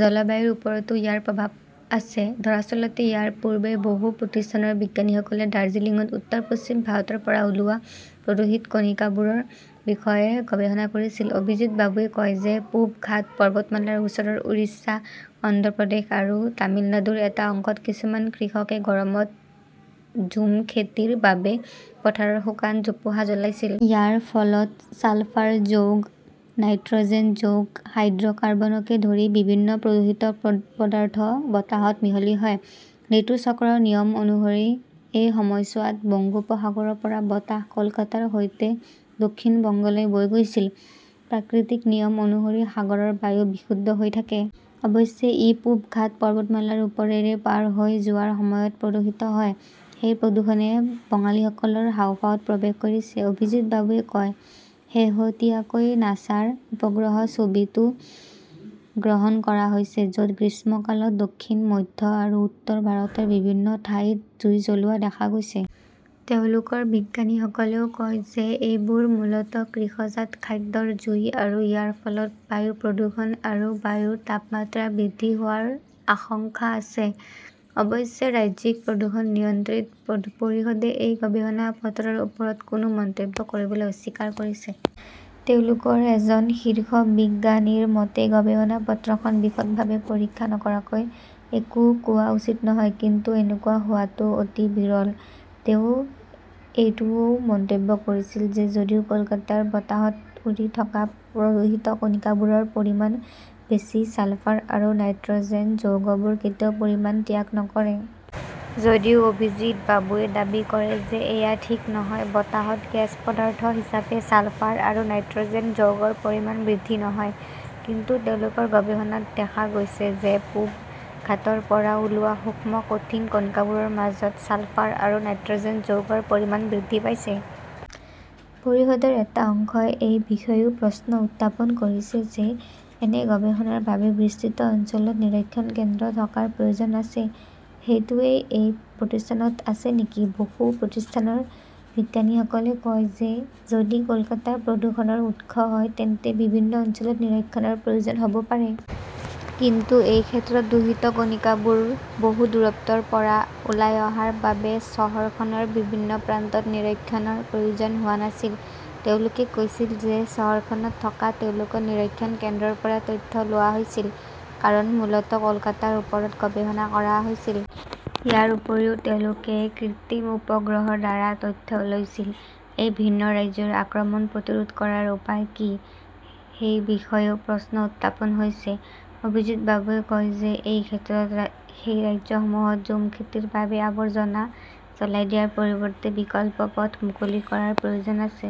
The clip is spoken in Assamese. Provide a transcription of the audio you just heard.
জলবায়ুৰ ওপৰতো ইয়াৰ প্ৰভাৱ আছে। দৰাচলতে, ইয়াৰ পূৰ্বে বসু প্ৰতিষ্ঠানৰ বিজ্ঞানীসকলে দাৰ্জিলিংত উত্তৰ-পশ্চিম ভাৰতৰ পৰা ওলোৱা প্ৰদূষিত কণিকাবোৰৰ বিষয়ে গৱেষণা কৰিছিল। অভিজিৎ বাবুৱে কয় যে, পূব ঘাট পৰ্বতমালাৰ ওচৰৰ উৰিষ্যা, অন্ধ্ৰ প্ৰদেশ আৰু তামিলনাডুৰ এটা অংশত কিছুমান কৃষকে গৰমত ঝুম খেতিৰ বাবে পথাৰৰ শুকান জোপোহা জ্বলাইছিল। ইয়াৰ ফলত ছালফাৰ যৌগ, নাইট্ৰ'জেন যৌগ, হাইড্ৰ'কাৰ্বনকে ধৰি বিভিন্ন প্ৰদূষিত প পদাৰ্থ বতাহত মিহলি হয়। ঋতুচক্ৰৰ নিয়ম অনুসৰি এই সময়ছোৱাত বংগোপ সাগৰৰ পৰা বতাহ কলকাতাৰ সৈতে দক্ষিণ বংগলৈ বৈ গৈছিল। "প্ৰাকৃতিক নিয়ম অনুসৰি সাগৰৰ বায়ু বিশুদ্ধ হৈ থাকে। অৱশ্যে, ই পূব ঘাট পৰ্বতমালাৰ ওপৰেৰে পাৰ হৈ যোৱাৰ সময়ত প্ৰদূষিত হয়। সেই প্ৰদূষণে বঙালীসকলৰ হাঁওফাঁওত প্ৰৱেশ কৰিছে", অভিজিৎ বাবুৱে কয়। শেহতীয়াকৈ নাছাৰ উপগ্ৰহ ছবিতো গ্ৰহণ কৰা হৈছে, য'ত গ্ৰীষ্মকালত দক্ষিণ, মধ্য আৰু উত্তৰ ভাৰতৰ বিভিন্ন ঠাইত জুই জ্বলোৱা দেখা গৈছে। তেওঁলোকৰ বিজ্ঞানীসকলেও কয় যে, এইবোৰ মূলতঃ কৃষিজাত খাদ্যৰ জুই আৰু ইয়াৰ ফলত বায়ু প্ৰদূষণ আৰু বায়ুৰ তাপমাত্ৰা বৃদ্ধি হোৱাৰ আশংকা আছে। অৱশ্যে ৰাজ্যিক প্ৰদূষণ নিয়ন্ত্ৰণ পৰিষদে এই গৱেষণা পত্ৰৰ ওপৰত কোনো মন্তব্য কৰিবলৈ অস্বীকাৰ কৰিছে। তেওঁলোকৰ এজন শীৰ্ষ বিজ্ঞানীৰ মতে, "গৱেষণা পত্ৰখন বিশদভাৱে পৰীক্ষা নকৰাকৈ একো কোৱা উচিত নহয়। কিন্তু এনেকুৱা হোৱাটো অতি বিৰল"। তেওঁ এইটোও মন্তব্য কৰিছিল যে, যদিও কলকাতাৰ বতাহত উৰি থকা প্ৰদূষিত কণিকাবোৰৰ পৰিমাণ বেছি, ছালফাৰ আৰু নাইট্ৰ'জেন যৌগবোৰে কেতিয়াও পৰিমাণ ত্যাগ নকৰে। যদিও অভিজিৎ বাবুৱে দাবী কৰে যে, এয়া ঠিক নহয় বতাহত গেছ পদাৰ্থ হিচাপে ছালফাৰ আৰু নাইট্ৰ'জেন যৌগৰ পৰিমাণ বৃদ্ধি নহয়। কিন্তু তেওঁলোকৰ গৱেষণাত দেখা গৈছে যে, পূব ঘাটৰ পৰা ওলোৱা সূক্ষ্ম কঠিন কণিকাবোৰৰ মাজত ছালফাৰ আৰু নাইট্ৰ'জেন যৌগৰ পৰিমাণ বৃদ্ধি পাইছে। পৰিষদৰ এটা অংশই এই বিষয়েও প্ৰশ্ন উত্থাপন কৰিছে যে, এনে গৱেষণাৰ বাবে বিস্তৃত অঞ্চলত নিৰীক্ষণ কেন্দ্ৰ থকাৰ প্ৰয়োজন আছে। সেইটোৱেই সেই প্ৰতিষ্ঠানত আছে নেকি? বসু প্ৰতিষ্ঠানৰ বিজ্ঞানীসকলে কয় যে, যদি কলকাতা প্ৰদূষণৰ উৎস হয়, তেন্তে বিভিন্ন অঞ্চলত নিৰীক্ষণৰ প্ৰয়োজন হব পাৰে। কিন্তু এই ক্ষেত্ৰত দূষিত কণিকাবোৰ বহু দূৰত্বৰ পৰা ওলাই অহাৰ বাবে চহৰখনৰ বিভিন্ন প্ৰান্তত নিৰীক্ষণৰ প্ৰয়োজন হোৱা নাছিল। তেওঁলোকে কৈছিল যে, চহৰখনত থকা তেওঁলোকৰ নিৰীক্ষণ কেন্দ্ৰৰ পৰা তথ্য লোৱা হৈছিল, কাৰণ মূলতঃ কলকাতাৰ ওপৰত গৱেষণা কৰা হৈছিল। ইয়াৰ উপৰিও তেওঁলোকে কৃত্ৰিম উপগ্ৰহৰ দ্বাৰা তথ্যও লৈছিল। এই ভিন ৰাজ্যৰ আক্ৰমণ প্ৰতিৰোধ কৰাৰ উপায় কি, সেই বিষয়েও প্ৰশ্ন উত্থাপন হৈছে। অভিজিৎ বাবুৱে কয় যে, এই ক্ষেত্ৰত সেই ৰাজ্যসমূহত ঝুম খেতিৰ বাবে আৱৰ্জনা জ্বলাই দিয়াৰ পৰিৱৰ্তে বিকল্প পথ মুকলি কৰাৰ প্ৰয়োজন আছে।